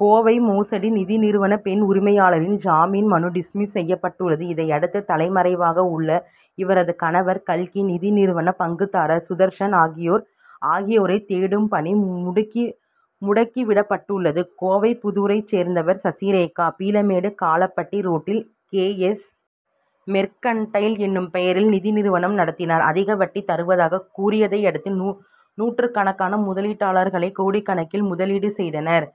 கோவை மோசடி நிதி நிறுவன பெண் உரிமையாளரின் ஜாமீன் மனு டிஸ்மிஸ் செய்யப்பட்டுள்ளது. இதையடுத்து தலைமறைவாக உள்ள இவரது கணவர் கல்கி நிதி நிறுவன பங்குதாரர் சுதர்சன் ஆகியோரை தேடும் பணி முடுக்கி விடப்பட்டுள்ளது. கோவைப்புதூரைச் சேர்ந்தவர் சசிரேகா. பீளமேடு காளப்பட்டி ரோட்டில் கே. எஸ். மெர்கன்டைல் எனும் பெயரில் நிதி நிறுவனம் நடத்தினார். அதிக வட்டி தருவதாகக் கூறியதையடுத்து நூற்றுக்கணக்கான முதலீட்டாளர்கள் கோடிக்கணக்கில் முதலீடு செய்தனர்.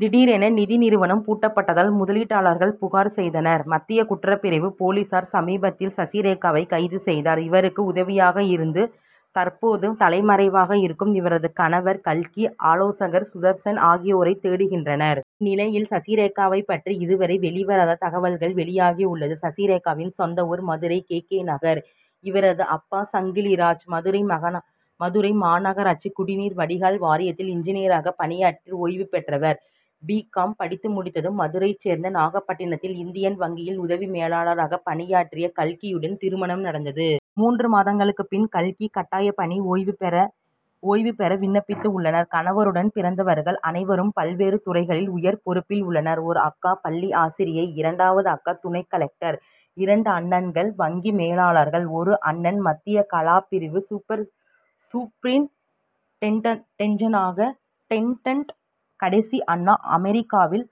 திடீரென நிதி நிறுவனம் பூட்டப்பட்டதால் முதலீட்டாளர்கள் புகார் செய்தனர். மத்திய குற்றப் பிரிவு போலீசார் சமீபத்தில் சசிரேகாவை கைது செய்தனர். இவருக்கு உதவியாக இருந்து தற்போது தலைமறைவாக இருக்கும் இவரது கணவர் கல்கி ஆலோசகர் சுதர்சன் ஆகியோரை தேடுகின்றனர். இந்நிலையில் சசிரேகாவைப் பற்றி இதுவரை வெளிவராத தகவல்கள் வெளியாகியுள்ளன. சசிரேகாவின் சொந்த ஊர் மதுரை கே. கே. நகர். இவரது அப்பா சங்கிலிராஜ். மதுரை மாநகராட்சி குடிநீர் வடிகால் வாரியத்தில் இன்ஜினியராக பணியாற்றி ஓய்வு பெற்றவர். பி. காம். படித்து முடித்ததும் மதுரையைச் சேர்ந்த நாகப்பட்டினத்தில் இந்தியன் வங்கியில் உதவி மேலாளராக பணியாற்றிய கல்கியுடன் திருமணம் நடந்தது. மூன்று மாதத்துக்கு முன் கல்கி கட்டாய பணி ஓய்வு பெற விண்ணப்பித்துள்ளார். கணவருடன் பிறந்தவர்கள் அனைவரும் பல்வேறு துறைகளில் உயர் பொறுப்பில் உள்ளனர். ஒரு அக்கா பள்ளி ஆசிரியை இரண்டாவது அக்கா துணை கலெக்டர் இரண்டு அண்ணன்கள் வங்கி மேலாளர்கள் ஒரு அண்ணன் மத்திய கலால் பிரிவு சூப்பரின்டெண்டன்ட் கடைசி அண்ணன் அமெரிக்காவில்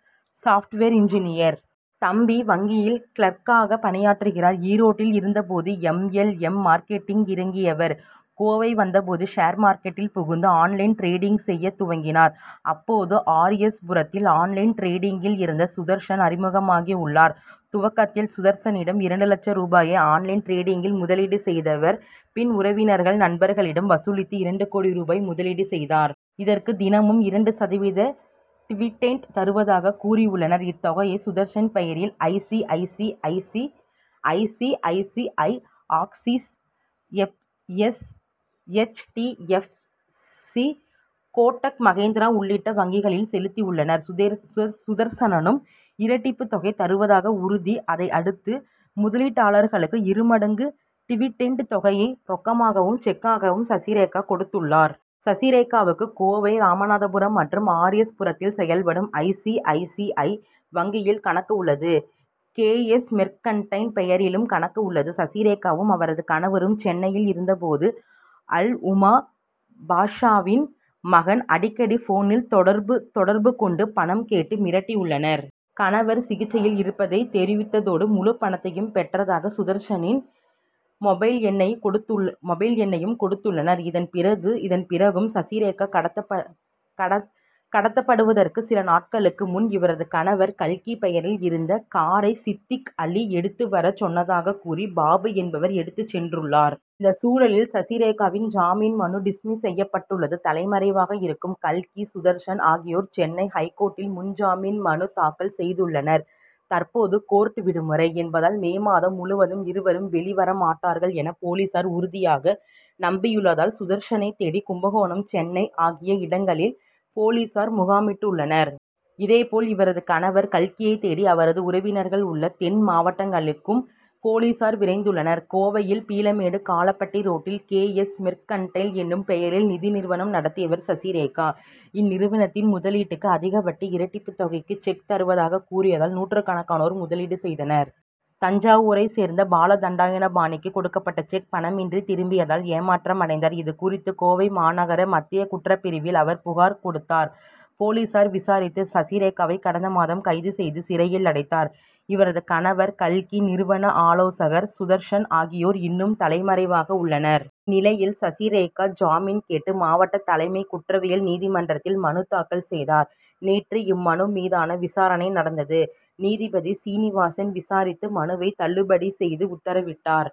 சாப்ட்வேர் இன்ஜினியர். தம்பி வங்கியில் கிளார்க்காக பணியாற்றுகிறார். ஈரோட்டில் இருந்தபோது எம். எல். எம். மார்க்கெட்டிங்கில் இறங்கியவர் கோவை வந்தபோது ஷேர் மார்க்கெட்டில் புகுந்து ஆன் லைன் டிரேடிங் செய்ய துவங்கினார். அப்போது ஆர். எஸ். புரத்தில் ஆன் லைன் டிரேடிங்கில் இருந்த சுதர்சன் அறிமுகமாகியுள்ளார். துவக்கத்தில் சுதர்சனிடம் இரண்டு லட்சம் ரூபாயை ஆன் லைன் டிரேடிங்கில் முதலீடு செய்தவர் பின் உறவினர்கள் நண்பர்களிடம் வசூலித்து இரண்டு கோடி ரூபாய் முதலீடு செய்தார். இதற்கு தினமும் இரண்டு சதவீத டிவிடெண்ட் தருவதாகக் கூறியுள்ளார். இத்தொகையை சுதர்சன் பெயரில் I. C. I. C. I. Axis H. D. F. C. Kotak Mahindra உள்ளிட்ட வங்கிகளில் செலுத்தியுள்ளார். சுதர்சனும் இரட்டிப்பு தொகை தருவதாக உறுதி அளித்ததையடுத்து முதலீட்டாளர்களுக்கு இரு மடங்கு டிவிடெண்ட் தொகையை ரொக்கமாகவும் செக்காகவும் சசிரேகா கொடுத்துள்ளார். சசிரேகாவுக்கு கோவை ராமநாதபுரம் மற்றும் ஆர். எஸ். புரத்தில் செயல்படும் I. C. I. C. I. வங்கியில் கணக்கு உள்ளது. கே. எஸ். மெர்கன்டைல் பெயரிலும் கணக்கு உள்ளது. சசிரேகாவும் அவரது கணவரும் சென்னையில் இருந்தபோது அல் உம்மா பாஷாவின் மகன் அடிக்கடி போனில் தொடர்பு கொண்டு பணம் கேட்டு மிரட்டியுள்ளார். கணவர் சிகிச்சையில் இருப்பதை தெரிவித்ததோடு முழுப்பணத்தையும் பெற்றதாக சுதர்சனின் மொபைல் எண்ணையும் கொடுத்துள்ளார். இதன் பிறகும் சசிரேகா கடத்தப்படுவதற்கு சில நாட்களுக்கு முன் இவரது கணவர் கல்கி பெயரில் இருந்த காரை சித்திக் அலி எடுத்து வரச் சொன்னதாகக் கூறி பாபு என்பவர் எடுத்துச் சென்றுள்ளார். இச்சூழலில் சசிரேகாவின் ஜாமீன் மனு டிஸ்மிஸ் செய்யப்பட்டுள்ளது. தலைமறைவாக இருக்கும் கல்கி சுதர்சன் ஆகியோர் சென்னை ஐகோர்ட்டில் முன்ஜாமீன் மனு தாக்கல் செய்துள்ளனர். தற்போது கோர்ட் விடுமுறை என்பதால் மே மாதம் முழுவதும் இருவரும் வெளி வர மாட்டார்கள் என போலீசார் உறுதியாக நம்பியுள்ளதால் சுதர்சனை தேடி கும்பகோணம் சென்னை ஆகிய இடங்களில் போலீசார் முகாமிட்டுள்ளனர். இதேபோல் இவரது கணவர் கல்கியை தேடி அவரது உறவினர்கள் உள்ள தென் மாவட்டங்களுக்கும் போலீசார் விரைந்துள்ளனர். கோவையில் பீளமேடு காளப்பட்டி ரோட்டில் கே. எஸ். மெர்கன்டைல் எனும் பெயரில் நிதி நிறுவனம் நடத்தியவர் சசிரேகா. இந்நிறுவனத்தில் முதலீடுக்கு அதிக வட்டி இரட்டிப்பு தொகைக்கு செக் தருவதாக கூறியதால் நூற்றுக்கணக்கானோர் முதலீடு செய்தனர். தஞ்சாவூரைச் சேர்ந்த பாலதண்டாயுதபாணிக்கு கொடுக்கப்பட்ட செக் பணமின்றி திரும்பியதால் ஏமாற்றமடைந்தார். இது குறித்து கோவை மாநகர் மத்திய குற்றப்பிரிவில் அவர் புகார் கொடுத்தார். போலீசார் விசாரித்து சசிரேகாவை கடந்த மாதம் கைது செய்து சிறையில் அடைத்தனர். இவரது கணவர் கல்கி நிறுவன ஆலோசகர் சுதர்சன் ஆகியோர் இன்னும் தலைமறைவாக உள்ளனர். இந்நிலையில் சசிரேகா ஜாமீன் கேட்டு மாவட்ட தலைமை குற்றவியல் நீதிமன்றத்தில் மனு தாக்கல் செய்தார். நேற்று இம்மனு மீதான விசாரணை நடந்தது. நீதிபதி சீனிவாசன் விசாரித்து மனுவை தள்ளுபடி செய்து உத்தரவிட்டார்.